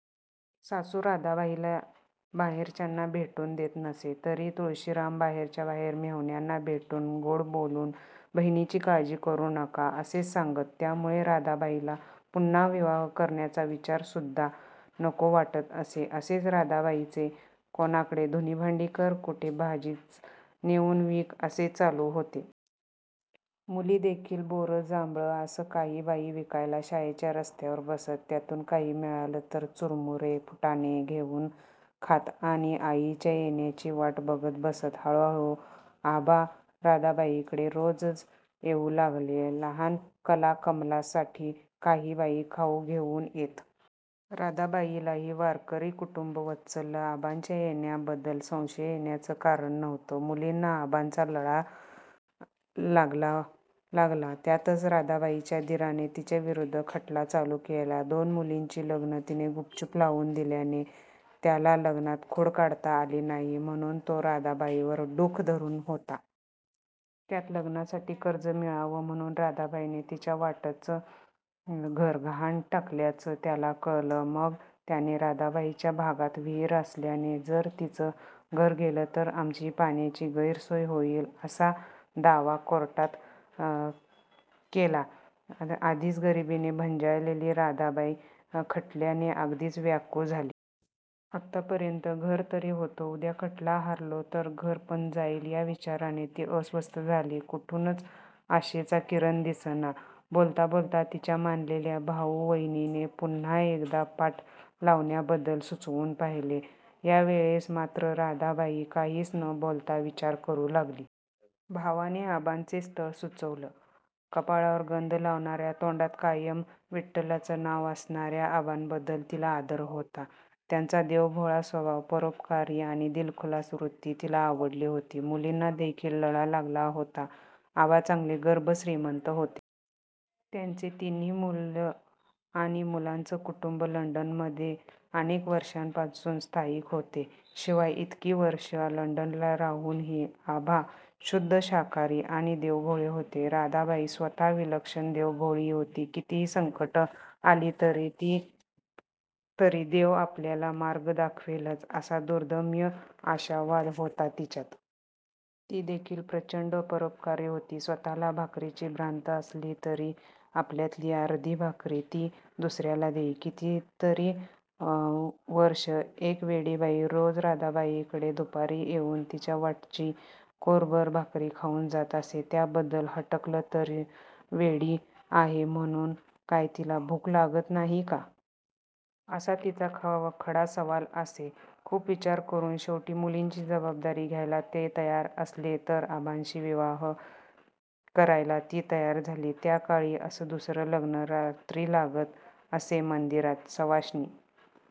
सासू राधाबाईला माहेरच्यांना भेटू देत नसे तरी तुळशीराम बाहेरच्या बाहेर मेव्हण्यांना भेटून, गोड बोलून "बहिणीची काळजी करू नका", असं सांगत. त्यामुळे राधाबाईला पुन्हा विवाह करण्याचा विचारसुद्धा नको वाटत असे. असेच राधाबाईचे कोणाकडे धुणी-भांडी कर, कुठे भाजीच नेऊन विक, असे चालू होते. मुली देखील बोरं- जांभळं असं काहीबाही विकायला शाळेच्या रस्त्यावर बसत. त्यातून काही मिळालं तर चुरमुरे फुटाणे घेऊन खात आणि आईच्या येण्याची वाट बघत बसत. हळू हळू आबा राधाबाईकडे रोजच येऊ लागले. लहान कला-कमला साठी काहीबाही खाऊ घेऊन येत. राधाबाईलाही वारकरी, कुटुंबवत्सल आबांच्या येण्याबद्दल संशय येण्याचं कारण नव्हतं. मुलींना आबांचा लळा लागला. त्यातच राधाबाईच्या दिराने तिच्याविरुद्ध खटला चालू केला. दोन मुलींची लग्न तिने गुपचूप लावून दिल्याने त्याला लग्नात खोड काढता आली नाही, त्यामुळे तो राधाबाईवर डूख धरून होता. त्यात लग्नासाठी कर्ज मिळावं म्हणून राधाबाईने तिच्या वाटचं घर गहाण टाकल्याचं त्याला कळलं. मग त्याने राधाबाईच्या भागात विहीर असल्याने जर तिचं घर गेलं तर आमची पाण्याची गैरसोय होईल, असा दावा केला कोर्टात. आधीच गरिबीने भंजाळलेली राधाबाई खटल्याने अगदीच व्याकुळ झाली. आतापर्यंत घर तरी होतं. उद्या खटला हरलो तर घर पण जाईल, या विचाराने ती अस्वस्थ झाली. कुठूनच आशेचा किरण दिसेना. बोलता बोलता तिच्या मानलेल्या भाऊ-वाहिनीने पुन्हा एकदा पाट लावण्याबद्दल सुचवून पहिले. यावेळेस मात्र राधाबाई काहीच न बोलता विचार करू लागली. भावाने आबांचं स्थळ सुचवलं. कपाळावर गंध लावणाऱ्या, तोंडात कायम विठ्ठलाचं नाव असणाऱ्या आबांबद्दल तिला आदर होता. त्यांचा देवभोळा स्वभाव, परोपकारी आणि दिलखुलास वृत्ती तिला आवडली होती. मुलींना देखील लळा लागला होता. आबा चांगले गर्भश्रीमंत होते. त्यांचे तिन्ही मुलं आणि मुलांचं कुटुंब लंडन मध्ये अनेक वर्षांपासून स्थायिक होते. शिवाय इतकी वर्षं लंडनला राहूनही आबा शुद्ध शाकाहारी आणि देवभोळे होते. राधाबाई स्वतः विलक्षण देवभोळी होती. कितीही संकटं आली तरी देव आपल्याला मार्ग दाखवेलच, असा दुर्दम्य आशावाद होता तिच्यात. ती देखील प्रचंड परोपकारी होती. स्वतःला भाकरीची भ्रांत असली तरी आपल्यातली अर्धी भाकरी ती दुसऱ्याला देई. कितीतरी वर्षं एक वेडी बाई रोज राधाबाईकडे दुपारी येऊन तिच्या वाटची कोरभर भाकर खाऊन जात असे. त्याबद्दल हटकलं तर 'वेडी आहे म्हणून काय तिला भूक नाही लागत का? " असा तिचा खडा सवाल असे. खूप विचार करून शेवटी मुलींची जबाबदारी घ्यायला ते तयार असले, तर आबांशी विवाह करायला ती तयार झाली. त्याकाळी असं दुसरं लग्न रात्री लागत असे मंदिरांत. सवाष्णी